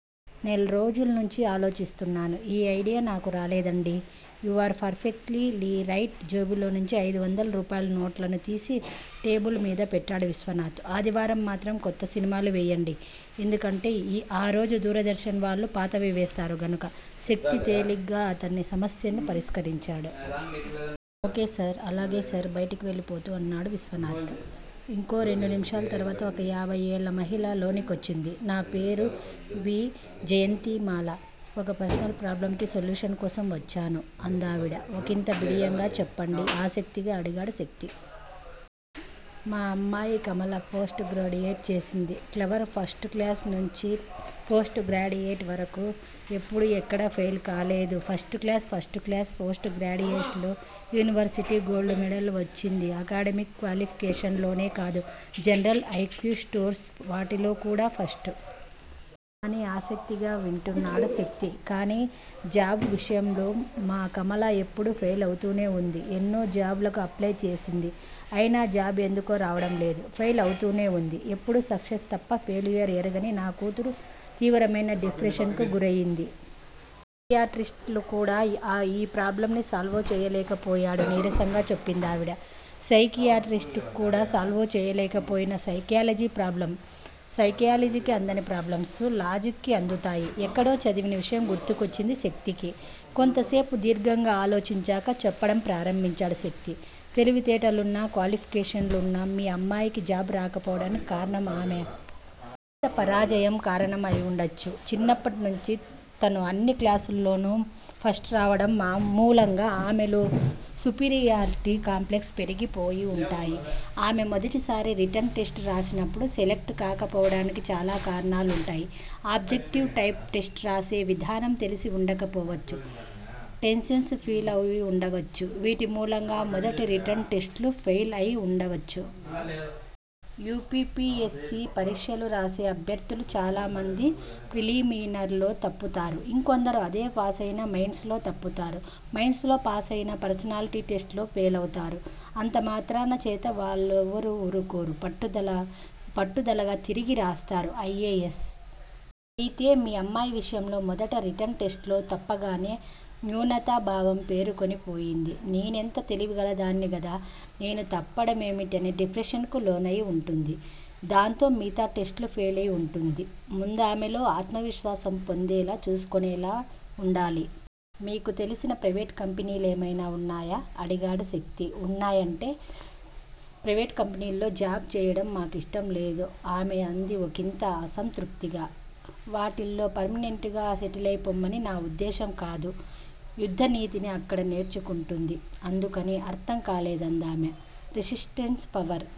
నెల్రోజుల్నించీ ఆలోచిస్తున్నాను. ఈ ఐడియా నాకు రాలేదండి. You are perfectly right జేబులోంచి ఐదువందల రూపాయల నోట్లను తీసి టేబిల్ మీద పెట్టాడు విశ్వనాథ్. ఆదివారం మాత్రం కొత్త సినిమాలు వెయ్యండి- ఎందుకంటే ఆ రోజు దూరదర్శన్ వాళ్ళు పాతవి వేస్తారు గనుక శక్తి తేలిగ్గా అతని సమస్యని పరిష్కరించాడు. ఓ. కే. సార్ అలాగే సర్ బయటికి వెళ్ళిపోతూ అన్నాడు విశ్వనాథ్? ఇంకో రెండు నిమిషాల తర్వాత ఒక యాభయ్ ఏళ్ళ మహిళ లోనికొచ్చింది. నా పేరు వి. జయంతిమాల ఒక పర్సనల్ ప్రబ్లమ్ కి సొల్యూషన్ కోసం వచ్చాను. అందావిడ ఒకింత బిడియంగా. చెప్పండి ఆసక్తిగా అడిగాడు శక్తి. మా అమ్మాయి కమల- పోస్టుగ్రాడ్యుయేట్ చేసింది. క్లెవర్ ఫస్ట్ క్లాస్ నుంచి పోస్ట్ గ్రాడ్యుయేషట్ వరకూ ఎప్పుడూ ఎక్కడా ఫెయిల్ కాలేదు. ఫస్ట్ క్లాస్ ఫస్టుక్లాస్ పోస్టుగ్రాడ్యుయేషన్ లో యూనివర్శిటీ గోల్డ్ మెడల్ వచ్చింది. అకాడమిక్ క్వాలిఫికేషన్ లోనే కాదు. జనరల్ ఐక్యూ స్పోర్ట్స్ వాటిలో కూడా ఫస్ట్. కానీ ఆసక్తిగా వింటున్నాడు శక్తి. కానీ జాబ్ విషయంలో మా కమల ఎప్పుడూ ఫెయిలౌతూనే వుంది. ఎన్నో జాబ్ లకు అప్లయ్ చేసింది. అయినా జాబ్ ఎందుకో రావడం లేదు. ఫెయిల్ అవుతూనే వుంది. ఎపుడూ సక్సెస్ తప్ప ఫెయిల్యూర్ ఎరగని నా కూతురు తీవ్రమైన డిప్రెషన్ కు గురయింది. సైక్రియాటిస్ట్ లు కూడా ఆ ఈ ప్రాబ్లమ్ ని సాల్వ్ చెయ్యలేకపోయాడు నీరసంగా చెప్పిందావిడ. సైక్రియాటిస్ట్ కి కూడా సాల్వ్ చెయ్యలేకపోయిన సైకాలజీ ప్రబ్లమ్? సైలకాలజీకి అందని ప్రబ్లమ్స్, లాజిక్ కి అందుతాయి. ఎక్కడో చదివిన విషయం గుర్తుకొచ్చింది శక్తికి. కొంతసేపు దీర్ఘంగా ఆలోచించాక చెప్పడం ప్రారంభించాడు శక్తి తెలివితేటలున్నా క్వాలిఫికేషన్లు ఉన్నా మీ అమ్మాయికి జాబ్ రాకపోవటానికి కారణం. ఆమె మొదటి పరాజయం కారణమయి వుండవచ్చు. చిన్నప్పటి నుంచి తను అన్ని క్లాసుల్లోనూ ఫస్ట్ రావటం మామూలంగా ఆమెలో సుపీరియారిటీ కాంప్లెక్స్ పెరిగిపోయి ఉంటాయి. ఆమె మొదటిసారి రిటన్ టెస్ట్ రాసినప్పుడు సెలక్ట్ కాకపోవటానికి చాలా కారణాలు ఉంటాయి. ఆబ్జెక్టివ్ టైప్ టెస్ట్ రాసే విధానం తెలిసి ఉండకపోవచ్చు టెన్షన్ ఫీలయి ఉండవచ్చు వీటిమూలంగా మొదటి రిటన్ టెస్ట్ లు ఫెయిల్ అయి ఉండవచ్చు. U. P. P. S. C. పరీక్షలు రాసే అభ్యర్థులు చాలామంది ప్రిలిమినరీలో తప్పుతారు. ఇంకొందరు అదే పాసయినా మెయిన్స్ లో తప్పుతారు. మెయిన్స్ లో పాసయినా పర్సనాలిటీ టెస్ట్ లో ఫెయిలవుతారు. అంతమాత్రం చేత వాళ్ళేవరూకోరు. పట్టుదల పట్టుదలగా తిరిగి రాస్తారు. ఐ. ఏ. ఎస్., అయితే మీ అమ్మాయి విషయంలో మొదటి రిటన్ టెస్ట్ లో తప్పగానే న్యూనతా భావం పేరుకుని పోయింది. నేనెంతో తెలివిగలదాన్ని గదా? నేను తప్పటమేమిటనే డిప్రెషన్ కి లోనయి వుంటుంది. దాంతో మిగతా టెస్ట్ లు ఫెయిలయి ఉంటుంది. ముందామెలో ఆత్మవిశ్వాసం పొందేలా చేసుకొనేలా ఉండాలి. మీకు తెలిసిన ప్రయివేట్ కంపెనీలేమైనా ఉన్నాయా? అడిగాడు శక్తి. ఉన్నాయి. అంటే? ప్రైవేట్ కంపెనీల్లో జాబ్ చేయడం మా కిష్టం లేదు ఆమె అంది ఒకింత అసంతృప్తిగా. వాటిల్లో పర్మినెంట్ గా సెటిలైపొమ్మని నా ఉద్దేశం కాదు. యుద్ధనీతిని అక్కడ నేర్చుకుంటుంది. అందుకని. అర్థం కాలేదు అందామె. Resistance power